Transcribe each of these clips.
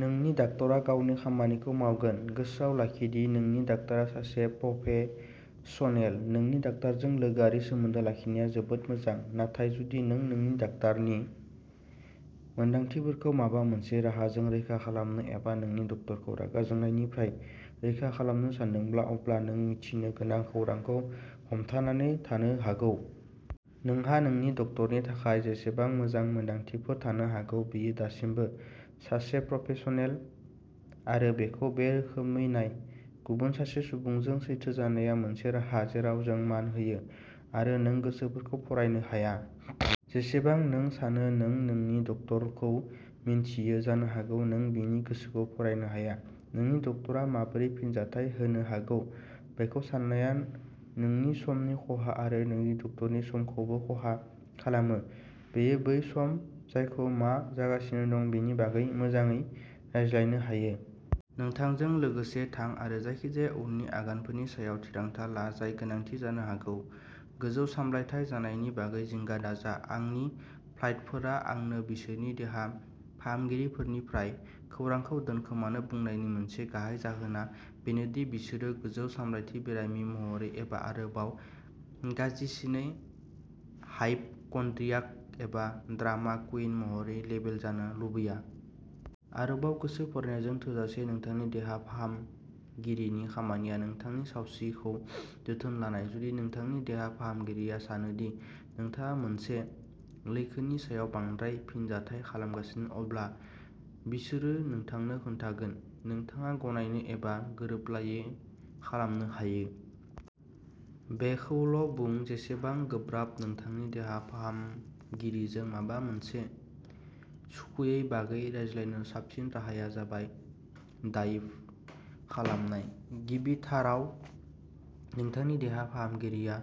नोंनि डाक्टारआ गावनि खामानिखौ मावगोन। गोसोआव लाखि दि नोंनि डाक्टारआ सासे प्रफेसनेल। नोंनि डाक्टारजों लोगोआरि सोमोन्दो लाखिनाया जोबोद मोजां। नाथाय जुदि नों नोंनि डाक्टारनि मोनदांथिफोरखौ माबा मोनसे राहाजों रैखा खालामनो एबा नोंनि डक्टरखौ रागा जोंनायनिफ्राय रैखा खालामनो सानदोंब्ला अब्ला नों मिथिनो गोनां खौरांखौ हमथानानै थानो हागौ। नोंहा नोंनि डक्टरनि थाखाय जेसेबां मोजां मोनदांथिफोर थानो हागौ बियो दासिमबो सासे प्रफेसनेल। आरो बेखौ बे रोखोमै नाय गुबुन सासे सुबुंजों सैथो जानाया मोनसे राहा जेराव जों मान होयो। आरो नों गोसोफोरखौ फरायनो हाया। जेसेबां नों सानो नों नोंनि डक्टरखौ मिन्थियो जानो हागौ नों बिनि गोसोखौ फरायनो हाया। नोंनि डक्टरआ माबोरै फिनजाथाय होनो हागौ बेखौ सान्नाया नोंनि समनि खहा आरो नोंनि डक्टरनि समखौबो खहा खालामो। बेयो बै सम जायखौ मा जागासिनो दं बेनि बागै मोजाङै रायज्लायनो हायो। नोंथांजों लोगोसे थां आरो जायखिजाया उननि आगानफोरनि सायाव थिरांथा ला जाय गोनांथि जानो हागौ। गोजौ सामलायथाय जानायनि बागै जिंगा दाजा। आंनि क्लाइन्टफोरा आंनो बिसोरनि देहा फाहामगिरिफोरनिफ्राय खौरांखौ दोनखोमानो बुंनायनि मोनसे गाहाय जाहोना बेनो दि बिसोरो गोजौ सामलायथि बेरामि महरै एबा आरोबाव गाज्रिसिनै हाइपकन्ड्रियाक एबा ड्रामा कुइन महरै लेबेल जानो लुबैया। आरोबाव गोसो फरायनायजों थोजासे नोंथांनि देहा फाहामगिरिनि खामानिया नोंथांनि सावस्रिखौ जोथोन लानाय। जुदि नोंथांनि देहा फाहामगिरिया सानो दि नोंथाङा मोनसे लैखोननि सायाव बांद्राय फिनजाथाय खालामगासिनो अब्ला बिसोरो नोंथांनो खोन्थागोन। नोंथाङा गनायनो एबा गोरोबलायै खालामनो हायो। बेखौल'बुं जेसेबां गोब्राब नोंथांनि देहा फाहामगिरिजों माबा मोनसे सुखुयैनि बागै रायज्लायनो साबसिन राहाया जाबाय दाइभ खालामनाय। गिबिथाराव नोंथांनि देहा फाहामगिरिया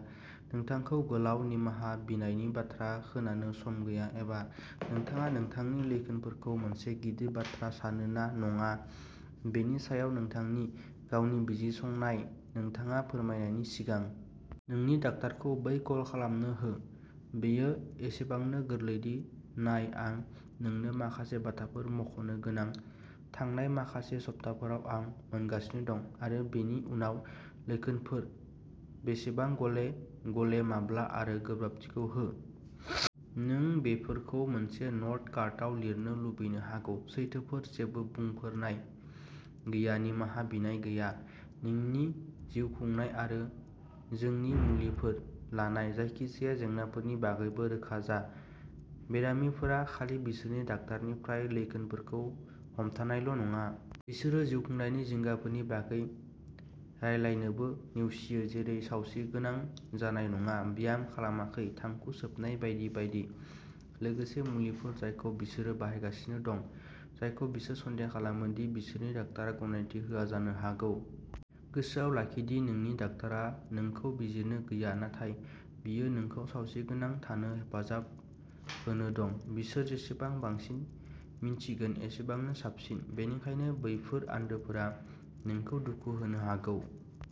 नोंथांखौ गोलाव निमाहा बिनायनि बाथ्रा खोनानो सम गैया एबा नोंथाङा नोंथांनि लैखोनफोरखौ मोनसे गिदिर बाथ्रा सानो ना नङा बेनि सायाव नोंथांनि गावनि बिजिरसंनाय नोंथाङा फोरमायनायनि सिगां। नोंनि डाक्टारखौ बै कल खालामनो हो। बेयो एसेबांनो गोरलैदि नाय आं नोंनो माखासे बाथ्राफोर मख'नो गोनां। थांनाय माखासे सप्ताफोराव आं मोनगासिनो दं। आरो बेनि उनाव लैखोनफोर बेसेबां गले गले माब्ला आरो गोब्राबथिखौ हो। नों बेफोरखौ मोनसे न'ट कार्डआव लिरनो लुबैनो हागौ। सैथोफोर जेबो बुंफोरनाय गैया निमाहा बिनाय गैया। नोंनि जिउखुंनाय आरो नोंनि मुलिफोर लानाय जायखिजाया जेंनाफोरनि बागैबो रोखा जा। बेरामिफोरा खालि बिसोरनि डाक्टारनिफ्राय लैखोनफोरखौ हमथानायल' नङा। बिसोरो जिउखुंनायनि जिंगाफोरनि बागै रायज्लायनोबो नेवसियो जेरै सावस्रिगोनां जानाय नङा ब्याम खालामाखै थांखु सोबनाय बायदि बायदि। लोगोसे मुलिफोर जायखौ बिसोरो बाहायगासिनो दं जायखौ बिसोर सन्देह खालामो दि बिसोरनि डाक्टारआ गनायथि होआ जानो हागौ। गोसोआव लाखि दि नोंनि डाक्टारआ नोंखौ बिजिरनो गैया। नाथाय बियो नोंखौ सावस्रिगोनां थानो हेफाजाब होनो दं। बिसोर जेसेबां बांसिन मिन्थिगोन एसेबांनो साबसिन। बेनिखायनो बैफोर आन्दोफोरा नोंखौ दुखु होनो हागौ।